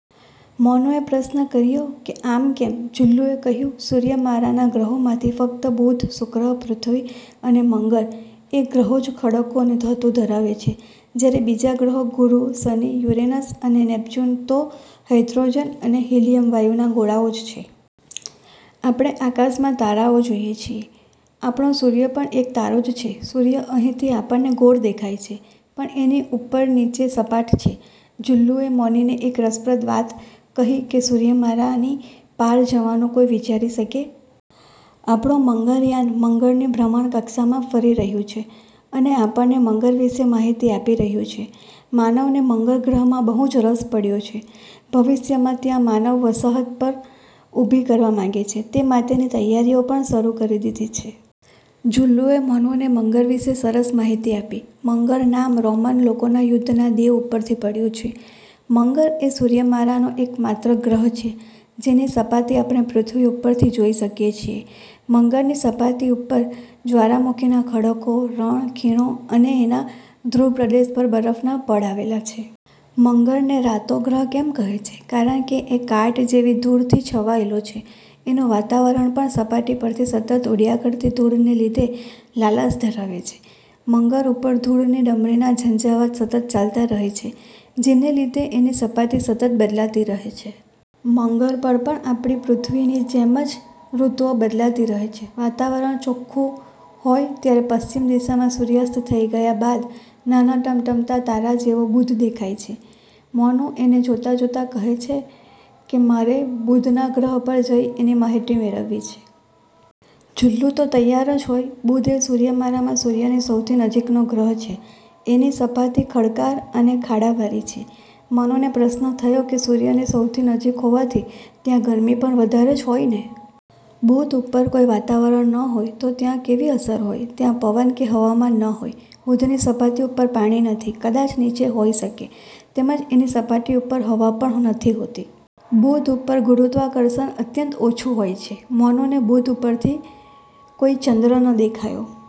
મોનુ એ પ્રશ્ન કર્યો કે આમ કેમ? જુલ્લુ એ કહ્યું, "સૂર્યમાળાના ગ્રહોમાંથી ફક્ત બુધ, શુક્ર, પૃથ્વી અને મંગળ એ ગ્રહો જ ખડકો અને ધાતુ ધરાવે છે. જયારે બીજા ગ્રહો ગુરુ, શનિ, યુરેનસ અને નેપ્ટયુન તો હાઇડ્રોજન અને હિલીયમ વાયુના ગોળાઓ જ છે". આપણે આકાશમાં તારાઓ જોઈએ છીએ. આપણો સૂર્ય પણ એક તારો જ છે. સૂર્ય અહીંથી આપણને ગોળ દેખાય છે પણ એની ઉપર-નીચે સપાટ છે. જુલ્લુ એ મોનુને એક રસપ્રદ વાત કહીકે સૂર્યમાળાની પાર જવાનું કોઈ વિચારી શકે? આપણું મંગળયાન મંગળની ભ્રમણકક્ષામાં ફરી રહ્યું છે અને આપણને મંગળ વિષે માહિતી આપી રહ્યું છે. માનવને મંગળ ગ્રહમાં બહુ જ રસ પડ્યો છે. ભવિષ્યમાં ત્યાં માનવ વસાહત પણ ઉભી કરવા માંગે છે. એ માટેની તૈયારીઓ પણ શરુ કરી દીધી છે. જુલ્લુએ મોનુને મંગળ વિષે સરસ માહિતી આપી. મંગળ નામ રોમન લોકોના યુદ્ધના દેવ ઉપરથી પડ્યું છે. મંગળ એ સૂર્યમાળાનો એક માત્ર ગ્રહ છે જેની સપાટી આપણે પૃથ્વી ઉપરથી જોઈ શકીએ છીએ. મંગળની સપાટી ઉપર જવાળામુખીના ખડકો, રણ, ખીણો અને એના ધ્રુવ પ્રદેશ પર બરફના પડ આવેલા છે. મંગળને રાતો ગ્રહ કેમ કહે છે? કારણકે એ કાટ જેવી ધૂળથી છવાયેલો છે. એનું વાતાવરણ પણ સપાટી પરથી સતત ઉડ્યા કરતી ધૂળને લીધે લાલાશ ધરાવે છે. મંગળ ઉપર ધૂળની ડમરીના ઝંઝાવાત સતત ચાલતા રહે છે જેને લીધે એની સપાટી સતત બદલાતી રહે છે. મંગળ પર પણ આપણી પૃથ્વીની જેમ જ ઋતુઓ બદલાતી રહે છે. વાતાવરણ ચોક્ખું હોય ત્યારે પશ્ચિમ દિશામાં સુર્યાસ્ત થઇ ગયા બાદ નાના ટમટમતા તારા જેવો બુધ દેખાય છે. મોનુ એને જોતાં જોતાં કહે કે મારે બુધના ગ્રહ પર જઈ એની માહિતી મેળવવી છે. જુલ્લુ તો તૈયાર જ હોય. બુધ એ સૂર્યમાળામાં સૂર્યની સૌથી નજીકનો ગ્રહ છે. એની સપાટી ખડકાળ અને ખાડાવાળી છે. મોનુને પ્રશ્ન થયો કે સૂર્યની સૌથી નજીક હોવાથી ત્યાં ગરમી પણ વધારે જ હોય ને? બુધ ઉપર કોઈ વાતાવરણ ન હોય તો ત્યાં કેવી અસર હોય? ત્યાં પવન કે હવામાન ન હોય. બુધની સપાટી ઉપર પાણી નથી. કદાચ નીચે હોઈ શકે. તેમજ એની સપાટી ઉપર હવા પણ નથી હોતી. બુધ ઉપર ગુરુત્વાકર્ષણ અત્યંત ઓછું હોય છે. મોનુને બુધ પરથી કોઈ ચંદ્ર ન દેખાયો.